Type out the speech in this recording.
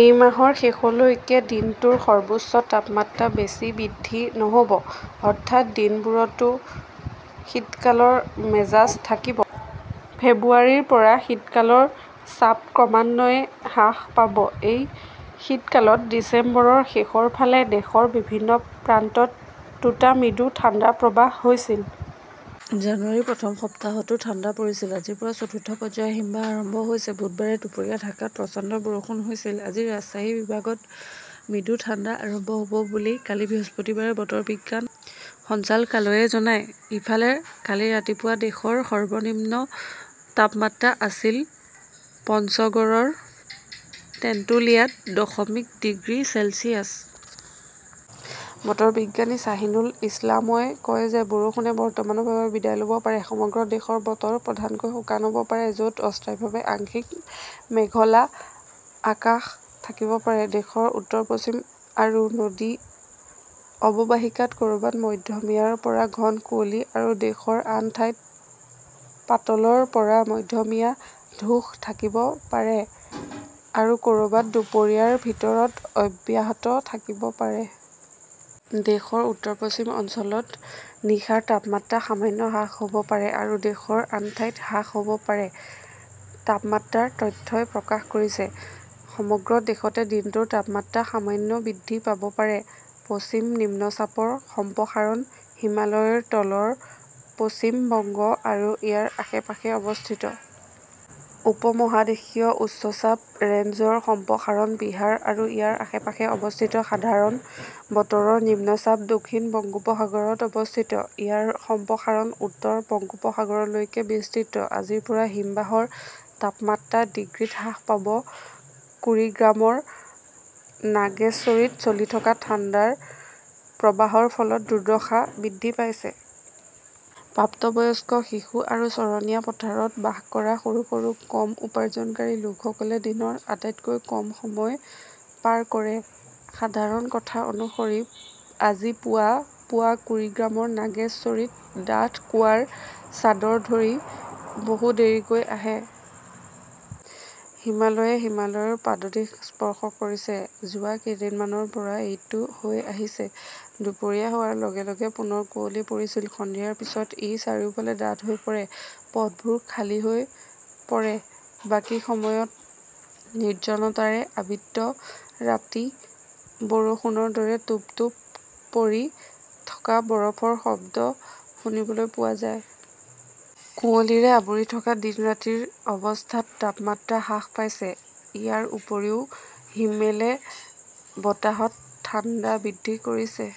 এই মাহৰ শেষলৈকে দিনটোৰ সৰ্বোচ্চ তাপমাত্ৰা বেছি বৃদ্ধি নহ 'ব, অৰ্থাৎ দিনবোৰতো শীতকালৰ মেজাজ থাকিব। ফেব্ৰুৱাৰীৰ পৰা শীতকালৰ চাপ ক্ৰমান্বয়ে হ্ৰাস পাব। এই শীতকালত ডিচেম্বৰৰ শেষৰ ফালে দেশৰ বিভিন্ন প্ৰান্তত দুটা মৃদু ঠাণ্ডা প্ৰৱাহ হৈছিল। জানুৱাৰীৰ প্ৰথম সপ্তাহতও ঠাণ্ডা পৰিছিল। আজিৰ পৰা চতুৰ্থ পৰ্যায়ৰ হিমবাহ আৰম্ভ হৈছে। বুধবাৰে দুপৰীয়া ঢাকাত প্ৰচণ্ড বৰষুণ হৈছিল। আজি ৰাজশ্বাহী বিভাগত মৃদু ঠাণ্ডা আৰম্ভ হʼব বুলি কালি বৃহস্পতিবাৰে বতৰ বিজ্ঞান সঞ্চালকালয়ে জনায়। ইফালে, কালি ৰাতিপুৱা দেশৰ সৰ্বনিম্ন তাপমাত্ৰা আছিল পঞ্চগড়ৰ তেন্তুলিয়াত দশমিক ডিগ্ৰী চেলছিয়াছ। বতৰ বিজ্ঞানী শ্বাহিনুল ইছলামই কয় যে বৰষুণে বৰ্তমানৰ বাবে বিদায় লʼব পাৰে। সমগ্ৰ দেশৰ বতৰ প্ৰধানকৈ শুকান হʼব পাৰে, যʼত অস্থায়ীভাৱে আংশিক মেঘলা আকাশ থাকিব পাৰে। দেশৰ উত্তৰ-পশ্চিম আৰু নদী অৱবাহিকাত কʼৰবাত মধ্যমীয়াৰ পৰা ঘন কুঁৱলী আৰু দেশৰ আন ঠাইত পাতলৰ পৰা মধ্যমীয়া ধূস থাকিব পাৰে আৰু কʼৰবাত দুপৰীয়াৰ ভিতৰত অব্যাহত থাকিব পাৰে। দেশৰ উত্তৰ-পশ্চিম অঞ্চলত নিশাৰ তাপমাত্ৰা সামান্য হ্ৰাস হʼব পাৰে আৰু দেশৰ আন ঠাইত হ্ৰাস হʼব পাৰে, তাপমাত্ৰাৰ তথ্যই প্ৰকাশ কৰিছে। সমগ্ৰ দেশতে দিনটোৰ তাপমাত্ৰা সামান্য বৃদ্ধি পাব পাৰে। পশ্চিম নিম্নচাপৰ সম্প্ৰসাৰণ হিমালয়ৰ তলৰ পশ্চিম বংগ আৰু ইয়াৰ আশে-পাশে অৱস্থিত। উপ-মহাদেশীয় উচ্চ চাপ ৰেঞ্জৰ সম্প্ৰসাৰণ বিহাৰ আৰু ইয়াৰ আশে-পাশে অৱস্থিত। সাধাৰণ বতৰৰ নিম্নচাপ দক্ষিণ বংগোপসাগৰত অৱস্থিত, ইয়াৰ সম্প্ৰসাৰণ উত্তৰ বংগোপসাগৰলৈকে বিস্তৃত। আজিৰ পৰা হিমবাহৰ তাপমাত্ৰা ডিগ্ৰীত হ্ৰাস পাব কুৰিগ্ৰামৰ নাগেশ্বৰীত চলি থকা ঠাণ্ডাৰ প্ৰবাহৰ ফলত দুৰ্দশা বৃদ্ধি পাইছে। প্ৰাপ্তবয়স্ক, শিশু আৰু চৰণীয়া পথাৰত বাস কৰা সৰু সৰু, কম উপাৰ্জনকাৰী লোকসকলে দিনৰ আটাইতকৈ কম সময় পাৰ কৰে। সাধাৰণ কথা অনুসৰি আজি পুৱা পুৱা কুৰিগ্ৰামৰ নাগেশ্বৰীত ডাঠ কুৱাৰ চাদৰ ধৰি বহু দেৰিকৈ আহে। হিমালয়ে হিমালয়ৰ পাদদেশ স্পৰ্শ কৰিছে। যোৱা কেইদিনমানৰ পৰা এইটো হৈ আহিছে। দুপৰীয়া হোৱাৰ লগে লগে পুনৰ কুঁৱলী পৰিছিল। সন্ধিয়াৰ পিছত ই চাৰিওফালে ডাঠ হৈ পৰে। পথবোৰ খালী হৈ পৰে। বাকী সময় নিৰ্জনতাৰে আবৃত ৰাতি, বৰষুণৰ দৰে টুপ-টুপ পৰি থকা বৰফৰ শব্দ শুনিবলৈ পোৱা যায়। কুঁৱলীৰে আৱৰি থকা দিন-ৰাতিৰ অৱস্থাত তাপমাত্ৰা হ্ৰাস পাইছে। ইয়াৰ উপৰিও হিমেলে বতাহত ঠাণ্ডা বৃদ্ধি কৰিছে।